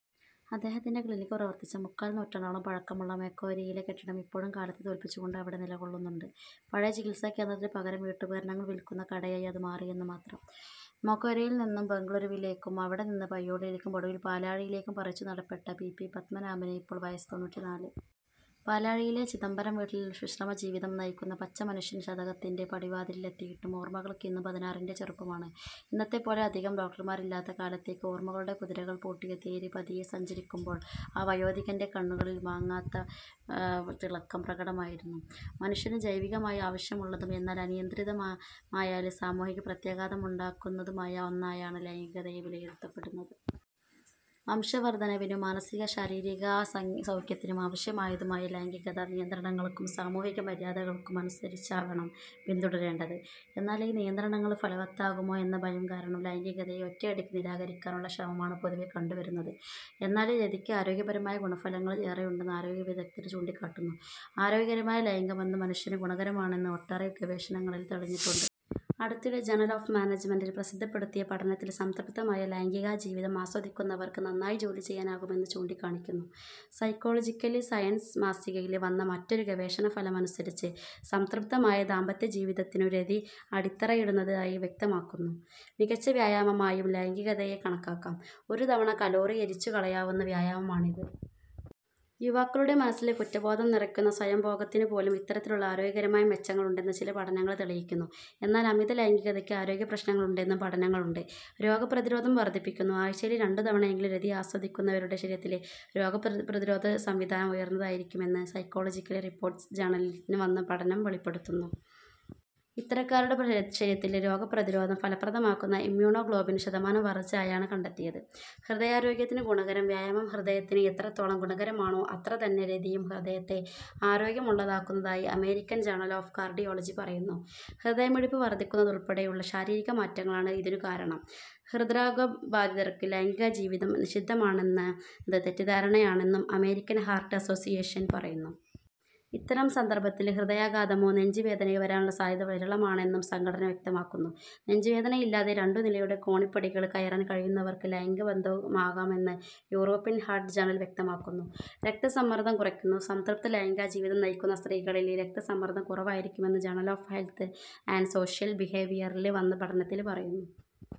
അദ്ദേഹത്തിന്റെ ക്ലിനിക് പ്രവർത്തിച്ച മുക്കാൽനൂറ്റാണ്ടോളം പഴക്കമുള്ള മൊകേരിയിലെ കെട്ടിടം ഇപ്പോഴും കാലത്തെ തോൽപ്പിച്ചുകൊണ്ട് അവിടെ നിലകൊള്ളുന്നുണ്ട്. പഴയ ചികിത്സാകേന്ദ്രത്തിന് പകരം വീട്ടുപകരണങ്ങൾ വിൽക്കുന്ന കടയായി അതു മാറിയെന്നുമാത്രം. മൊകേരിയിൽനിന്ന് ബെംഗളൂരുവിലേക്കും അവിടെനിന്ന് പയ്യോളിയിലേക്കും ഒടുവിൽ പാലാഴിയിലേക്കും പറി ച്ചുനടപ്പെട്ട പി. പി. പദ്മനാഭന് ഇപ്പോൾ വയസ്സ് തൊണ്ണൂറ്റിനാല്. പാലാഴിയിലെ 'ചിദംബരം'വീട്ടിൽ വിശ്രമജീവിതം നയിക്കുന്ന പച്ചമനുഷ്യൻ ശതകത്തിന്റെ പടിവാതിലിലെത്തിയിട്ടും ഓർമകൾക്കിന്നും പതിനാറിന്റെ ചെറുപ്പമാണ്. ഇന്നത്തെപ്പോലെ അധികം ഡോക്ടർമാരില്ലാത്ത കാലത്തേക്ക് ഓർമകളുടെ കുതിരകൾ പൂട്ടിയ തേര് പതിയെ സഞ്ചരിക്കുമ്പോൾ ആ വയോധികന്റെ കണ്ണുകളിൽ മങ്ങാത്ത തിളക്കം പ്രകടമായിരുന്നു. മനുഷ്യന് ജൈവികമായി ആവശ്യമുള്ളതും എന്നാല് അനിയന്ത്രിതമായാല് സാമൂഹിക പ്രത്യാഘാതമുണ്ടാക്കുന്നതുമായ ഒന്നായാണ് ലൈംഗികതയെ വിലയിരുത്തപ്പെടുന്നത്. വംശവര്ധനവിനും മാനസികശാരീരിക സൗഖ്യത്തിന് ആവശ്യമായതുമായ ലൈംഗികത, നിയന്ത്രണങ്ങള്ക്കും സാമൂഹിക മര്യാദകള്ക്കും അനുസരിച്ചാവണം പിന്തുടരേണ്ടത്. എന്നാല് ഈ നിയന്ത്രണങ്ങള് ഫലവത്താകുമോ എന്ന ഭയം കാരണം, ലൈംഗീകതയെ ഒറ്റയടിക്ക് നിരാകരിക്കാനുള്ള ശ്രമമാണ് പൊതുവേ കണ്ടുവരുന്നത്. എന്നാല് രതിക്ക് ആരോഗ്യപരമായ ഗുണഫലങ്ങള് ഏറെയുണ്ടെന്ന് ആരോഗ്യവിഗദ്ധര് ചൂണ്ടിക്കാട്ടുന്നു. ആരോഗ്യകരമായ ലൈംഗികബന്ധം മനുഷ്യന് ഗുണകരമാണെന്ന് ഒട്ടേറെ ഗവേഷണങ്ങളില് തെളിഞ്ഞിട്ടുണ്ട്. അടുത്തിടെ ജേണല് ഓഫ് മാനേജ്മെന്റില് പ്രസിദ്ധപ്പെടുത്തിയ പഠനത്തില് സംതൃപ്തമായ ലൈംഗീക ജീവിതം ആസ്വദിക്കുന്നവര്ക്ക് നന്നായി ജോലി ചെയ്യാനാകുമെന്ന് ചൂണ്ടിക്കാണിക്കുന്നു. സൈക്കോളിജക്കല് സയന്സ് മാസികയില് വന്ന മറ്റൊരു ഗവേഷണഫലമനുസരിച്ച് സംതൃപ്തമായ ദാമ്പത്യ ജീവിതത്തിനും രതി അടിത്തറയിടുന്നതായി വ്യക്തമാക്കുന്നു. മികച്ച വ്യായാമമായും ലൈംഗികതയെ കണക്കാക്കാം. ഒരു തവണ കലോറി എരിച്ചുകളയാവുന്ന വ്യായാമമാണിത്. യുവാക്കളുടെ മനസ്സില് കുറ്റബോധം നിറയ്ക്കുന്ന സ്വയംഭോഗത്തിനുപോലും ഇത്തരത്തിലുള്ള ആരോഗ്യകരമായ മെച്ചങ്ങളുണ്ടെന്ന് ചില പഠനങ്ങള് തെളിയിക്കുന്നു. എന്നാല് അമിത ലൈംഗികതയ്ക്ക് ആരോഗ്യപ്രശ്നങ്ങളുണ്ടെന്നും പഠനങ്ങളുണ്ട്. രോഗപ്രതിരോധം വര്ധിപ്പിക്കുന്നു ആഴ്ചയില് രണ്ടു തവണയെങ്കിലും രതി ആസ്വദിക്കുന്നവരുടെ ശരീരത്തിലെ രോഗപ്രതിരോധ സംവിധാനം ഉയര്ന്നതായിരിക്കുമെന്ന് സൈക്കോളജിക്കല് റിപ്പോര്ട്സ് ജേണലില് വന്ന പഠനം വെളിപ്പെടുത്തുന്നു. ഇത്തരക്കാരുടെ ശരീരത്തില് രോഗപ്രതിരോധം ഫലപ്രദമാക്കുന്ന ഇമ്യൂണോഗ്ലോബിന് ശതമാനം വര്ധിച്ചതായാണ് കണ്ടെത്തിയത്. ഹൃദയാരോഗ്യത്തിന് ഗുണകരം വ്യായാമം ഹൃദയത്തിന് എത്രത്തോളം ഗുണകരമാണോ അത്രതന്നെ രതിയും ഹൃദയത്തെ ആരോഗ്യമുള്ളതാക്കുന്നതായി അമേരിക്കന് ജേണല് ഓഫ് കാര്ഡിയോളജി പറയുന്നു. ഹൃദയമിടിപ്പ് വര്ധിക്കുന്നതുള്പ്പെടെയുള്ള ശാരീരികമാറ്റങ്ങളാണ് ഇതിനു കാരണം. ഹൃദ്രോഗബാധിതര്ക്ക് ലൈംഗീകജീവിതം നിഷിദ്ധമാണെന്നത് തെറ്റിദ്ധാരണയാണെന്നും അമേരിക്കന് ഹാര്ട്ട് അസോസിയേഷന് പറയുന്നു. ഇത്തരംസന്ദര്ഭത്തില് ഹൃദയാഘാതമോ, നെഞ്ച് വേദനയോ വരാനുള്ള സാധ്യത വിരളമാണെന്നും സംഘടന വ്യക്തമാക്കുന്നു. നെഞ്ചുവേദനയില്ലാതെ രണ്ടുനിലയുടെ കോണിപ്പടികള് കയറാന് കഴിയുന്നവര്ക്ക് ലൈംഗിക ബന്ധവുമാകാമെന്ന് യൂറോപ്യന് ഹാര്ട്ട് ജേണല് വ്യക്തമാക്കുന്നു. രക്തസമ്മര്ദ്ദം കുറയ്ക്കുന്നു സംതൃപ്ത ലൈംഗീകജീവിതം നയിക്കുന്ന സ്ത്രീകളില് രക്തസമ്മര്ദ്ദം കുറവായിരിക്കുമെന്ന് journal of health and social ബിഹേവിയറില് വന്ന പഠനത്തില് പറയുന്നു.